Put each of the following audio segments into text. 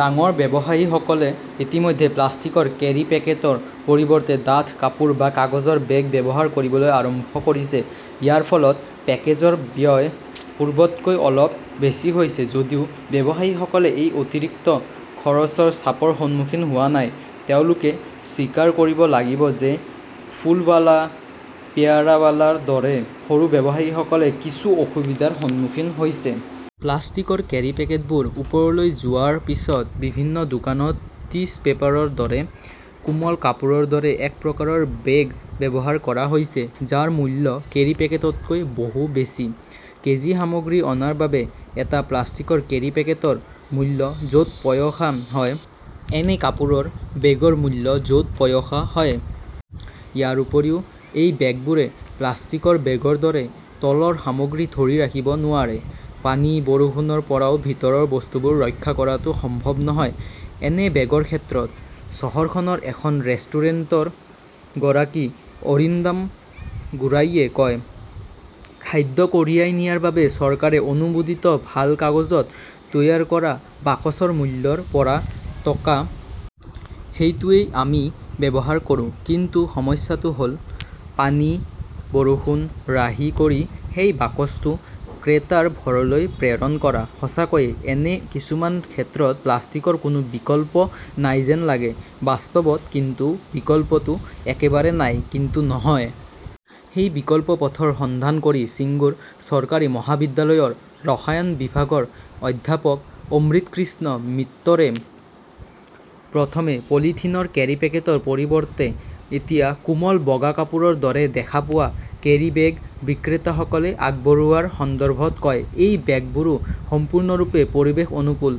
ডাঙৰ ব্যৱসায়ীসকলে ইতিমধ্যে প্লাষ্টিকৰ কেৰিপকেটৰ পৰিৱৰ্তে ডাঠ কাপোৰ বা কাগজৰ বেগ ব্যৱহাৰ কৰিবলৈ আৰম্ভ কৰিছে। ইয়াৰ ফলত পেকেজৰ ব্যয় পূৰ্বতকৈ অলপ বেছি হৈছে। যদিও ব্যৱসায়ীসকলে এই অতিৰিক্ত খৰচৰ চাপৰ সন্মুখীন হোৱা নাই, তেওঁলোকে স্বীকাৰ কৰিব লাগিব যে ফুলৱালা, পেয়াৰাৱালাৰ দৰে সৰু ব্যৱসায়ীসকলে কিছু অসুবিধাৰ সন্মুখীন হৈছে। প্লাষ্টিকৰ কেৰিপকেটবোৰ ওপৰলৈ যোৱাৰ পিছত বিভিন্ন দোকানত টিছ পেপাৰৰ দৰে কোমল কাপোৰৰ দৰে এক প্ৰকাৰৰ বেগ ব্যৱহাৰ কৰা হৈছে। যাৰ মূল্য কেৰী পেকেটতকৈ বহু বেছি। কেজি সামগ্ৰী অনাৰ বাবে এটা প্লাষ্টিকৰ কেৰী পেকেটৰ মূল্য য 'ত পয়সা হয়, এনে কাপোৰৰ বেগৰ মূল্য য' ত পয়সা হয়। ইয়াৰ উপৰিও, এই বেগবোৰে প্লাষ্টিকৰ বেগৰ দৰে তৰল সামগ্ৰী ধৰি ৰাখিব নোৱাৰে। পানী, বৰষুণৰ পৰাও ভিতৰৰ বস্তুবোৰ ৰক্ষা কৰাটো সম্ভৱ নহয়, এনে বেগৰ ক্ষেত্ৰত। চহৰখনৰ এখন ৰেষ্টুৰেণ্টৰ গৰাকী অৰিন্দাম গোৰাইয়ে কয়, "খাদ্য কঢ়িয়াই নিয়াৰ বাবে চৰকাৰে অনুমোদিত ভাল কাগজত তৈয়াৰ কৰা বাকচৰ মূল্য ৰ পৰা টকা। সেইটোৱেই আমি ব্যৱহাৰ কৰোঁ। কিন্তু সমস্যাটো হ "ল পানী, বৰষুণ ৰাহি কৰি সেই বাকচটো ক্ৰেতাৰ ঘৰলৈ প্ৰেৰণ কৰা। সঁচাকৈয়ে এনে কিছুমান ক্ষেত্ৰত প্লাষ্টিকৰ কোনো বিকল্প নাই যেন লাগে। "বাস্তৱত কিন্তু বিকল্পটো একেবাৰে নাই, কিন্তু নহয়। সেই বিকল্প পথৰ সন্ধান কৰি, ছিংগুৰ চৰকাৰী মহাবিদ্যালয়ৰ ৰসায়ন বিভাগৰ অধ্যাপক অমৃতকৃষ্ণ মিত্তৰে প্ৰথমে পলিথিনৰ কেৰী পেকেটৰ পৰিৱৰ্তে এতিয়া কোমল বগা কাপোৰৰ দৰে দেখা পোৱা কেৰীবেগ বিক্ৰেতাসকলে আগবঢ়োৱাৰ সন্দৰ্ভত কয়, "এই বেগবোৰো সম্পূৰ্ণৰূপে পৰিৱেশ-অনুকূল,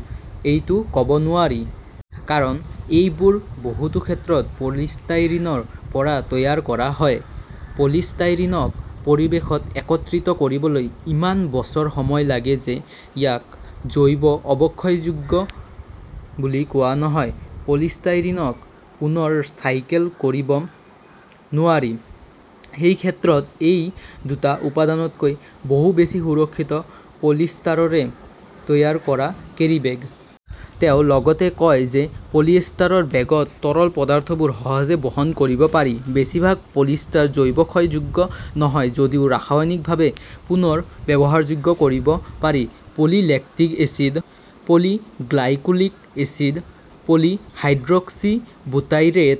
এইটো ক" ব নোৱাৰি। কাৰণ, এইবোৰ বহুতো ক্ষেত্ৰত পলিষ্টাইৰিনৰ পৰা তৈয়াৰ কৰা হয়। পলিষ্টাইৰিনক পৰিৱেশত একত্ৰিত কৰিবলৈ ইমান বছৰ সময় লাগে যে ইয়াক জৈৱ-অৱক্ষয়যোগ্য বুলি কোৱা নহয়। পলিষ্টাইৰিনক পুনৰ চাইকেল কৰিব নোৱাৰি। সেই ক্ষেত্ৰত এই দুটা উপাদানতকৈ বহু বেছি সুৰক্ষিত পলিষ্টাৰৰে তৈয়াৰ কৰা কেৰীবেগ। "তেওঁ লগতে কয় যে পলিয়েষ্টাৰৰ বেগত তৰল পদাৰ্থবোৰ সহজে বহন কৰিব পাৰি। বেছিভাগ পলিষ্টাৰ জৈৱ-ক্ষয়যোগ্য নহয় যদিও ৰাসায়নিকভাৱে পুনৰ ব্যৱহাৰযোগ্য কৰিব পাৰি। Poly lactic acid, poly glycolic acid, poly hydroxy butyrate,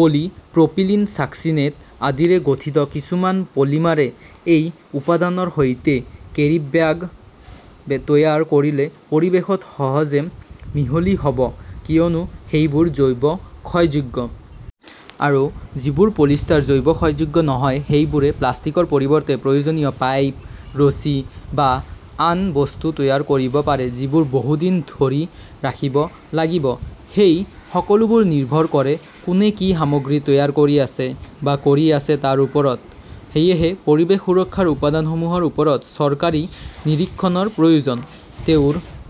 poly propylene succinate আদিৰে গঠিত কিছুমান পলিমাৰে এই উপাদানৰ সৈতে কেৰিব্যাগ তৈয়াৰ কৰিলে পৰিৱেশত সহজে মিহলি হ 'ব কিয়নো সেইবোৰ জৈৱ-ক্ষয়যোগ্য। আৰু যিবোৰ পলিষ্টাৰ জৈৱ-ক্ষয়যোগ্য নহয় সেইবোৰে প্লাষ্টিকৰ পৰিৱৰ্তে প্ৰয়োজনীয় পাইপ, ৰছী বা আন বস্তু তৈয়াৰ কৰিব পাৰে যিবোৰ বহু দিন ধৰি ৰাখিব লাগিব। এই সকলোবোৰ নিৰ্ভৰ কৰে কোনে কি সামগ্ৰী তৈয়াৰ কৰি আছে বা কৰি আছে তাৰ ওপৰত। সেয়েহে পৰিৱেশ সুৰক্ষাৰ উপাদানসমূহৰ ওপৰত চৰকাৰী নিৰীক্ষণৰ প্ৰয়োজন। তেওঁৰ